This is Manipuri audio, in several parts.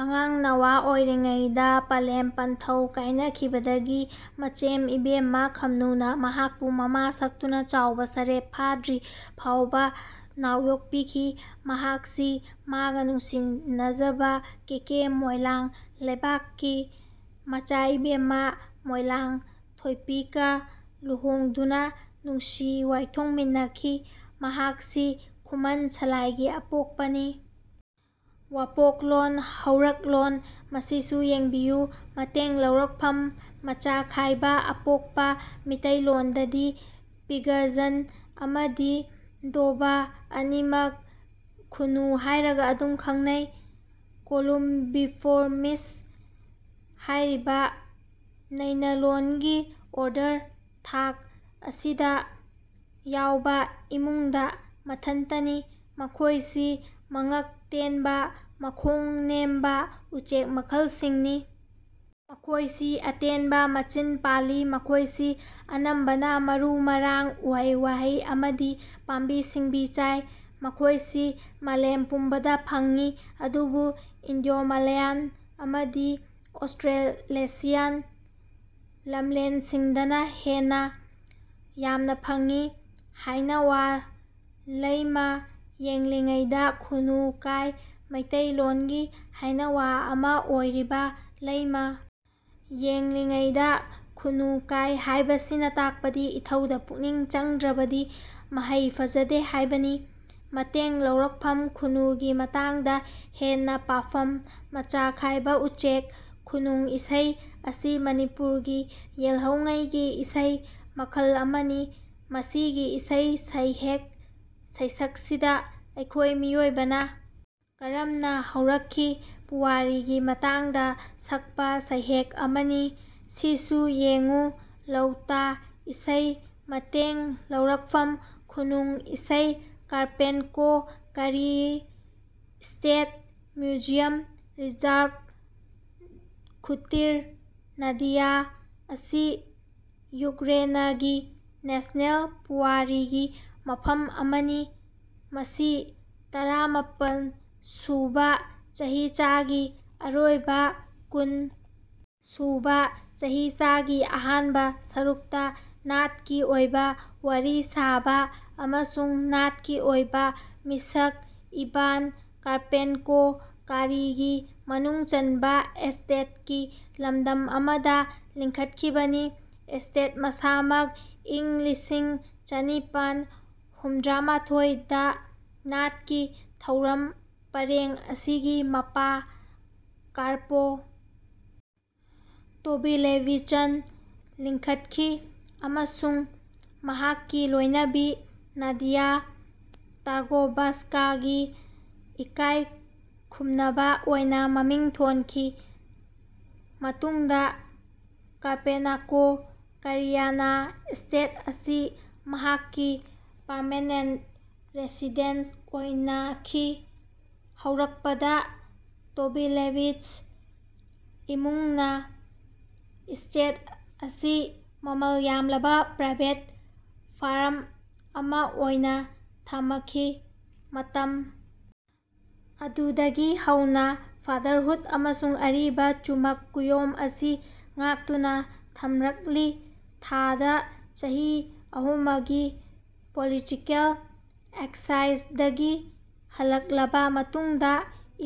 ꯑꯉꯥꯡ ꯅꯋꯥ ꯑꯣꯢꯔꯤꯉꯩꯗ ꯄꯂꯦꯝ ꯄꯟꯊꯧ ꯀꯥꯢꯅꯈꯤꯕꯗꯒꯤ ꯃꯆꯦꯝ ꯏꯕꯦꯝꯃ ꯈꯝꯅꯨꯅ ꯃꯍꯥꯛꯄꯨ ꯃꯃꯥ ꯁꯛꯇꯨꯅ ꯆꯥꯎꯕ ꯁꯔꯦꯞ ꯐꯥꯗ꯭ꯔꯤ ꯐꯥꯎꯕ ꯅꯥꯎꯌꯣꯛꯄꯤꯈꯤ꯫ ꯃꯍꯥꯛꯁꯤ ꯃꯥꯒ ꯅꯨꯡꯁꯤꯅꯖꯕ ꯀꯦꯀꯦ ꯃꯣꯢꯂꯥꯡ ꯂꯩꯄꯥꯛꯀꯤ ꯃꯆꯥꯏꯏꯕꯦꯝꯃ ꯃꯣꯢꯂꯥꯡ ꯊꯣꯢꯄꯤꯒ ꯂꯨꯍꯣꯡꯗꯨꯅ ꯅꯨꯡꯁꯤ ꯋꯥꯢꯊꯨꯡꯃꯤꯟꯅꯈꯤ꯫ ꯃꯍꯥꯛꯁꯤ ꯈꯨꯃꯟ ꯁꯂꯥꯢꯒꯤ ꯑꯄꯣꯛꯄꯅꯤ꯫ ꯋꯥꯄꯣꯛꯂꯣꯟ ꯍꯧꯔꯛꯂꯣꯟ ꯃꯁꯤꯁꯨ ꯌꯦꯡꯕꯤꯌꯨ ꯃꯇꯦꯡ ꯂꯧꯔꯛꯐꯝ ꯃꯆꯥꯈꯥꯏꯕ ꯑꯄꯣꯛꯄ ꯃꯤꯇꯩꯂꯣꯟꯗꯗꯤ ꯄꯤꯒꯖꯟ ꯑꯃꯗꯤ ꯗꯣꯚ ꯑꯅꯤꯃꯛ ꯈꯨꯅꯨ ꯍꯥꯢꯔꯒ ꯑꯗꯨꯝ ꯈꯪꯅꯩ꯫ ꯀꯣꯂꯨꯝꯕꯤꯐꯣꯔꯃꯤꯁ ꯍꯥꯢꯔꯤꯕ ꯅꯩꯅꯂꯣꯟꯒꯤ ꯑꯣꯔꯗꯔ (ꯊꯥꯛ) ꯑꯁꯤꯗ ꯌꯥꯎꯕ ꯏꯃꯨꯡꯗꯥ ꯃꯊꯟꯇꯅꯤ꯫ ꯃꯈꯣꯢꯁꯤ ꯃꯉꯛ ꯇꯦꯟꯕ ꯃꯈꯣꯡ ꯅꯦꯝꯕ ꯎꯆꯦꯛ ꯃꯈꯜꯁꯤꯡꯅꯤ꯫ ꯃꯈꯣꯢꯁꯤ ꯑꯇꯦꯟꯕ ꯃꯆꯤꯟ ꯄꯥꯜꯂꯤ꯫ ꯃꯈꯣꯢꯁꯤ ꯑꯅꯝꯕꯅ ꯃꯔꯨ-ꯃꯔꯥꯡ, ꯎꯍꯩ-ꯋꯥꯍꯩ ꯑꯃꯗꯤ ꯄꯥꯝꯕꯤ-ꯁꯤꯡꯕꯤ ꯆꯥꯏ꯫ ꯃꯈꯣꯢꯁꯤ ꯃꯥꯂꯦꯝ ꯄꯨꯝꯕꯗ ꯐꯪꯏ ꯑꯗꯨꯕꯨ ꯏꯟꯗꯣꯃꯥꯂꯥꯌꯟ ꯑꯃꯗꯤ ꯑꯧꯁꯇ꯭ꯔꯦꯂꯦꯁꯤꯌꯥꯟ ꯂꯝꯂꯦꯟꯁꯤꯡꯗꯅ ꯍꯦꯟꯅ ꯌꯥꯝꯅ ꯐꯪꯏ꯫ ꯍꯥꯏꯅꯋꯥ ꯂꯩꯃ ꯌꯦꯡꯂꯤꯉꯩꯗ ꯈꯨꯅꯨ ꯀꯥꯏ ꯃꯩꯇꯩꯂꯣꯟꯒꯤ ꯍꯥꯏꯅꯋꯥ ꯑꯃ ꯑꯣꯏꯔꯤꯕ ꯂꯩꯃ ꯌꯦꯡꯂꯤꯉꯩꯗ ꯈꯨꯅꯨ ꯀꯥꯏ ꯍꯥꯏꯕꯁꯤꯅ ꯇꯥꯛꯄꯗꯤ ꯏꯊꯧꯗ ꯄꯨꯛꯅꯤꯡ ꯆꯪꯗ꯭ꯔꯕꯗꯤ ꯃꯍꯩ ꯐꯖꯗꯦ ꯍꯥꯏꯕꯅꯤ꯫ ꯃꯇꯦꯡ ꯂꯧꯔꯛꯐꯝ ꯈꯨꯅꯨꯒꯤ ꯃꯇꯥꯡꯗ ꯍꯦꯟꯅ ꯄꯥꯐꯝ ꯃꯆꯥꯈꯥꯏꯕ ꯎꯆꯦꯛ ꯈꯨꯅꯨꯡ ꯏꯁꯩ ꯑꯁꯤ ꯃꯅꯤꯄꯨꯔꯒꯤ ꯌꯦꯜꯍꯧꯉꯩꯒꯤ ꯏꯁꯩ ꯃꯈꯜ ꯑꯃꯅꯤ꯫ ꯃꯁꯤꯒꯤ ꯏꯁꯩ ꯁꯩꯍꯦꯛ ꯁꯩꯁꯛꯁꯤꯗ ꯑꯩꯈꯣꯏ ꯃꯤꯑꯣꯏꯕꯅ ꯀꯔꯝꯅ ꯍꯧꯔꯛꯈꯤ, ꯄꯨꯋꯥꯔꯤꯒꯤ ꯃꯇꯥꯡꯗ ꯁꯛꯄ ꯁꯩꯍꯦꯛ ꯑꯃꯅꯤ꯫ ꯁꯤꯁꯨ ꯌꯦꯡꯉꯨ ꯂꯧꯇꯥ ꯏꯁꯩ ꯃꯇꯦꯡ ꯂꯧꯔꯛꯐꯝ ꯈꯨꯅꯨꯡ ꯏꯁꯩ ꯀꯥꯔꯄꯦꯟꯀꯣ-ꯀꯔꯤꯌꯤ ꯁ꯭ꯇꯦꯠ ꯃ꯭ꯌꯨꯖꯤꯌꯝ-ꯔꯤꯖꯔꯕ ꯈꯨꯇꯤꯔ ꯅꯥꯗꯤꯌꯥ ꯑꯁꯤ ꯌꯨꯀ꯭ꯔꯦꯅꯒꯤ ꯅꯦꯁꯅꯦꯜ ꯄꯨꯋꯥꯔꯤꯒꯤ ꯃꯐꯝ ꯑꯃꯅꯤ ꯃꯁꯤ ꯇꯔꯥ ꯃꯥꯄꯜ ꯁꯨꯕꯥ ꯆꯍꯤꯆꯥꯒꯤ ꯑꯔꯣꯏꯕ ꯀꯨꯟ ꯁꯨꯕꯥ ꯆꯍꯤꯆꯥꯒꯤ ꯑꯍꯥꯟꯕꯥ ꯁꯔꯨꯛꯇꯥ ꯅꯥꯠꯀꯤ ꯑꯣꯏꯕꯥ ꯋꯥꯔꯤ ꯁꯥꯕꯥ ꯑꯃꯁꯨꯡ ꯅꯥꯠꯀꯤ ꯑꯣꯏꯕꯥ ꯃꯤꯁꯛ ꯏꯚꯥꯟ ꯀꯥꯔꯄꯦꯟꯀꯣ-ꯀꯥꯔꯤꯒꯤ ꯃꯅꯨꯡ ꯆꯟꯕꯥ ꯑꯦꯁꯇꯦꯠꯀꯤ ꯂꯝꯗꯝ ꯑꯃꯗ ꯂꯤꯡꯈꯠꯈꯤꯕꯅꯤ꯫ ꯑꯦꯁꯇꯦꯠ ꯃꯁꯥꯃꯛ ꯏꯪ ꯂꯤꯁꯤꯡ ꯆꯥꯅꯤꯄꯟ ꯍꯨꯝꯗ꯭ꯔꯥꯃꯊꯣꯏ ꯗꯥ ꯅꯥꯠꯀꯤ ꯊꯧꯔꯝ ꯄꯔꯦꯡ ꯑꯁꯤꯒꯤ ꯃꯄꯥ ꯀꯥꯔꯄꯣ ꯇꯣꯕꯤꯂꯦꯚꯤꯆꯟ ꯂꯤꯡꯈꯠꯈꯤ ꯑꯃꯁꯨꯡ ꯃꯍꯥꯛꯀꯤ ꯂꯣꯢꯅꯕꯤ ꯅꯥꯗꯤꯌꯥ ꯇꯥꯔꯀꯣꯚꯁ꯭ꯀꯥꯒꯤ ꯏꯀꯥꯢ ꯈꯨꯝꯅꯕꯥ ꯑꯣꯏꯅꯥ ꯃꯃꯤꯡ ꯊꯣꯟꯈꯤ꯫ ꯃꯇꯨꯡꯗꯥ ꯀꯥꯔꯄꯦꯅꯀꯣ-ꯀꯔꯤꯌꯅꯥ ꯑꯦꯁꯇꯦꯠ ꯑꯁꯤ ꯃꯍꯥꯛꯀꯤ ꯄꯔꯃꯦꯅꯦꯟꯇ ꯔꯦꯁꯤꯗꯦꯟꯁ ꯑꯣꯏꯅꯈꯤ꯫ ꯍꯧꯔꯛꯄꯗꯥ ꯇꯣꯕꯤꯂꯦꯚꯤꯆ ꯏꯃꯨꯡꯅꯥ ꯏꯁ꯭ꯇꯦꯠ ꯑꯁꯤ ꯃꯥꯃꯜ ꯌꯥꯝꯂꯕꯥ ꯄ꯭ꯔꯥꯏꯚꯦꯠ ꯐꯥꯔꯝ ꯑꯃꯥ ꯑꯣꯏꯅꯥ ꯊꯃꯈꯤ꯫ ꯃꯇꯝ ꯑꯗꯨꯗꯒꯤ ꯍꯧꯅꯥ ꯐꯥꯗꯔ ꯍꯨꯠ ꯑꯃꯁꯨꯡ ꯑꯔꯤꯕ ꯆꯨꯃꯛ ꯀꯨꯌꯣꯝ ꯑꯁꯤ ꯉꯥꯛꯇꯨꯅꯥ ꯊꯝꯔꯛꯂꯤ꯫ ꯊꯥꯗ ꯆꯍꯤ ꯑꯍꯨꯃꯒꯤ ꯄꯣꯂꯤꯇꯤꯀꯦꯜ ꯑꯦꯛꯁꯥꯏꯖꯗꯒꯤ ꯍꯜꯂꯛꯂꯥꯕ ꯃꯇꯨꯡꯗꯥ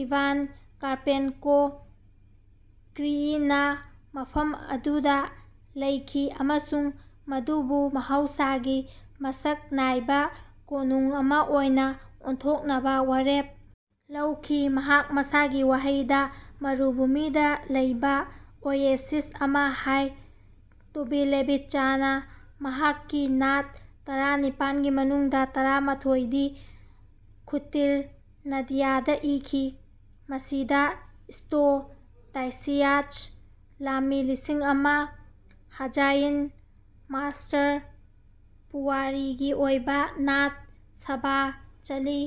ꯏꯚꯥꯟ ꯀꯥꯔꯄꯦꯟꯀꯣ-ꯀ꯭ꯔꯤꯏꯅꯥ ꯃꯐꯝ ꯑꯗꯨꯗ ꯂꯩꯈꯤ ꯑꯃꯁꯨꯡ ꯃꯗꯨꯕꯨ ꯃꯍꯧꯁꯥꯒꯤ ꯃꯁꯛ ꯅꯥꯏꯕꯥ ꯀꯣꯅꯨꯡ ꯑꯃꯥ ꯑꯣꯏꯅꯥ ꯑꯣꯟꯊꯣꯛꯅꯕꯥ ꯋꯥꯔꯦꯞ ꯂꯧꯈꯤ ꯃꯍꯥꯛ ꯃꯁꯥꯒꯤ ꯋꯥꯍꯩꯗ ꯃꯔꯨꯚꯨꯃꯤꯗꯥ ꯂꯩꯕꯥ ꯑꯣꯌꯦꯁꯤꯁ ꯑꯃꯥ ꯍꯥꯏ꯫ ꯇꯣꯕꯤꯂꯦꯚꯤꯆꯅꯥ ꯃꯍꯥꯛꯀꯤ ꯅꯥꯠ ꯇꯔꯥꯅꯤꯄꯟ ꯒꯤ ꯃꯅꯨꯡꯗꯥ ꯇꯔꯥꯃꯊꯣꯏ ꯗꯤ ꯈꯨꯇꯤꯔ ꯅꯥꯗꯤꯌꯥꯗꯥ ꯏꯈꯤ꯫ ꯃꯁꯤꯗꯥ "ꯁ꯭ꯇꯣ ꯇꯥꯏꯁꯤꯌꯥꯆ" "ꯂꯥꯝꯃꯤ ꯂꯤꯁꯤꯡ ꯑꯃꯥ", "ꯍꯥꯖꯌꯤꯟ" "ꯃꯥꯁ꯭ꯇꯔ", ꯄꯨꯋꯥꯔꯤꯒꯤ ꯑꯣꯏꯕꯥ ꯅꯥꯠ "ꯁꯚꯥ ꯆꯂꯤ",